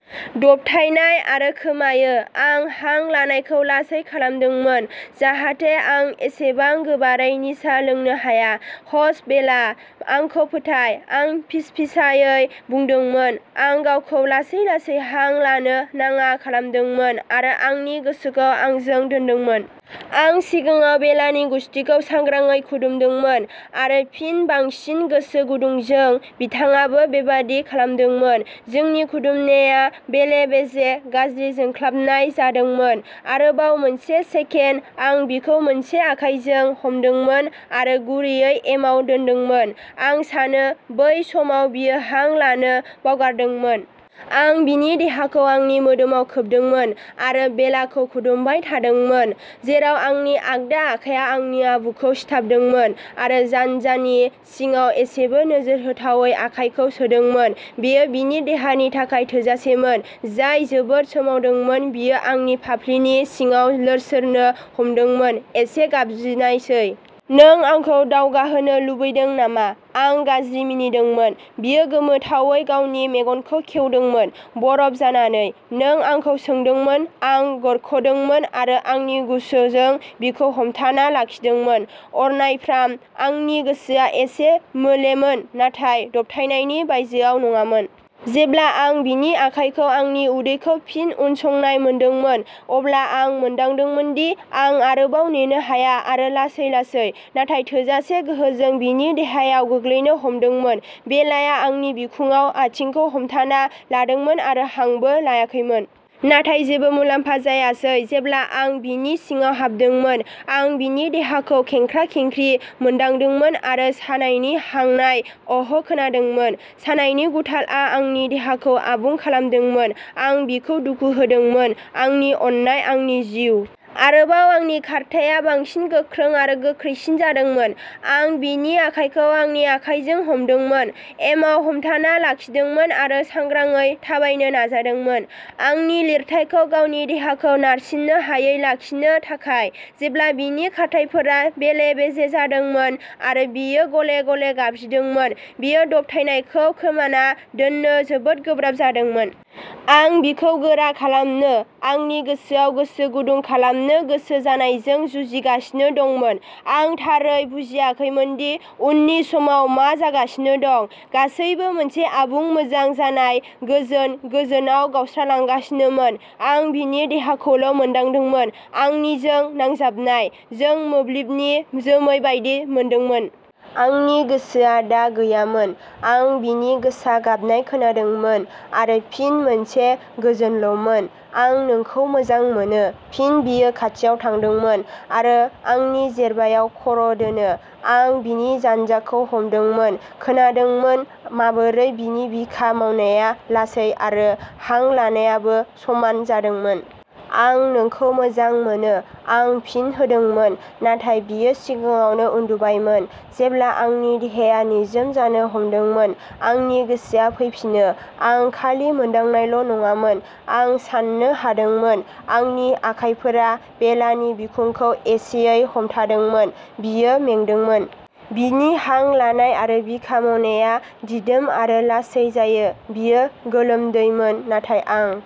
दबथायनाय आरो खोमायो-आं हां लानायखौ लासै खालामदोंमोन, जाहाथे आं एसेबां गोबारै निसा लोंनो हाया। "हश, बेला, आंखौ फोथाय" आं फिसफिसायै बुंदोंमोन। आं गावखौ लासै-लासै हां लानो नाङा खालामदोंमोन आरो आंनि गोसोखौ आंजों दोनदोंमोन। आं सिगाङाव बेलानि गुसथिखौ सांग्राङै खुदुमदोंमोन आरो फिन बांसिन गोसो गुदुंजों, बिथाङाबो बेबादि खालामदोंमोन। जोंनि खुदुमनाया बेले-बेजे, गाज्रि, जोंख्लाबनाय जादोंमोन। आरोबाव मोनसे सेकेन्ड आं बिखौ मोनसे आखाइजों हमदोंमोन आरो गुरैयै एमाव दोनदोंमोन। आं सानो बै समाव बियो हां लानो बावगारदोंमोन। आं बिनि देहाखौ आंनि मोदोमाव खोबदोंमोन आरो बेलाखौ खुदुमबाय थादोंमोन, जेराव आंनि आगदा आखाया आंनि आबुखौ सिथाबदोंमोन, आरो जान्जानि सिङाव एसेबो नोजोर होथावै आखायखौ सोदोंमोन। बेयो बिनि देहानि थाखाय थोजासेमोन, जाय जोबोद सोमावदोंमोन-बियो आंनि फाफ्लिनि सिङाव लोरसोरनो हमदोंमोन, एसे गाबज्रिनायसै। "नों आंखौ दावगाहोनो लुबैदों नामा?" आं गाज्रि मिनिदोंमोन। बियो गोमोथावै गावनि मेगनखौ खेवदोंमोन, बरफ जानानै। "नों आंखौ सोंदोंमोन" आं " गरख'दोंमोन आरो आंनि गुसोजों बिखौ हमथाना लाखिदोंमोन, अरनायफ्राम। आंनि गोसोआ एसे मोलेमोन, नाथाय दबथायनायनि बायजोआव नङामोन। जेब्ला आं बिनि आखाइखौ आंनि उदैखौ फिन उनसंनाय मोनदोंमोन, अब्ला आं मोनदांदोंमोन दि आं आरोबाव नेनो हाया आरो लासै-लासै, नाथाय थोजासे गोहोजों बिनि देहायाव गोग्लैनो हमदोंमोन; बेलाया आंनि बिखुंआव आथिंखौ हमथाना लादोंमोन आरो हांबो लायाखैमोन। नाथाय जेबो मुलामफा जायासै, जेब्ला आं बिनि सिङाव हाबदोंमोन, आं बिनि देहाखौ खेंख्रा-खेंख्रि मोनदांदोंमोन आरो सानायनि हांनाय "आह" खोनादोंमोन। सानायनि गुथालआ आंनि देहाखौ आबुं खालामदोंमोन। आं बिखौ दुखु होदोंमोन। आंनि अननाय, आंनि जिउ। आरोबाव आंनि खारथाया बांसिन गोख्रों आरो गोख्रैसिन जादोंमोन। आं बिनि आखाइखौ आंनि आखाइजों हमदोंमोन, एमाव हमथाना लाखिदोंमोन आरो सांग्राङै थाबायनो नाजादोंमोन, आंनि लिरथायखौ गावनि देहाखौ नारसिन्नो हायै लाखिनो थाखाय। जेब्ला बिनि खारथाइफोरा बेले-बेजे जादोंमोन आरो बियो गले-गले गाबज्रिदोंमोन, बेयो दबथायनायखौ खोमाना दोननो जोबोद गोब्राब जादोंमोन। आं बिखौ गोरा खालामनो, आंनि गोसोयाव गोसो गुदुं खालामनो गोसो जानायजों जुजिगासिनो दंमोन। आं थारै बुजियाखैमोन दि उननि समाव मा जागासिनो दं। गासैबो मोनसे आबुं मोजां जानाय, गोजोन, गोजोनआव गावस्रालांगासिनोमोन। आं बिनि देहाखौल'मोनदांदोंमोन, आंनिजों नांजाबनाय, जों मोब्लिबनि जोमै बायदि मोनदोंमोन। आंनि गोसोआ दा गैयामोन। आं बिनि गोसा गाबनाय खोनादोंमोन आरो फिन मोनसे गोजोनल'मोन। "आं नोंखौ मोजां मोनो।" फिन बियो खाथियाव थांदोंमोन आरो आंनि जेरबायाव खर'दोनो। आं बिनि जान्जाखौ हमदोंमोन, खोनादोंमोन, माबोरै बिनि बिखा मावनाया लासै आरो हां लानायाबो समान जादोंमोन। "आं नोंखौ मोजां मोनो" आं फिन होदोंमोन, नाथाय बियो सिगाङावनो उन्दुबायमोन। जेब्ला आंनि देहाया निजोम जानो हमदोंमोन, आंनि गोसोआ फैफिनो। आं खालि मोनदांनायल'नङामोन, आं साननो हादोंमोन। आंनि आखाइफोरा बेलानि बिखुंखौ एसेयै हमथादोंमोन। बियो मेंदोंमोन। बिनि हां लानाय आरो बिखा मावनाया दिदोम आरो लासै जायो। बियो गोलोमदैमोन, नाथाय आं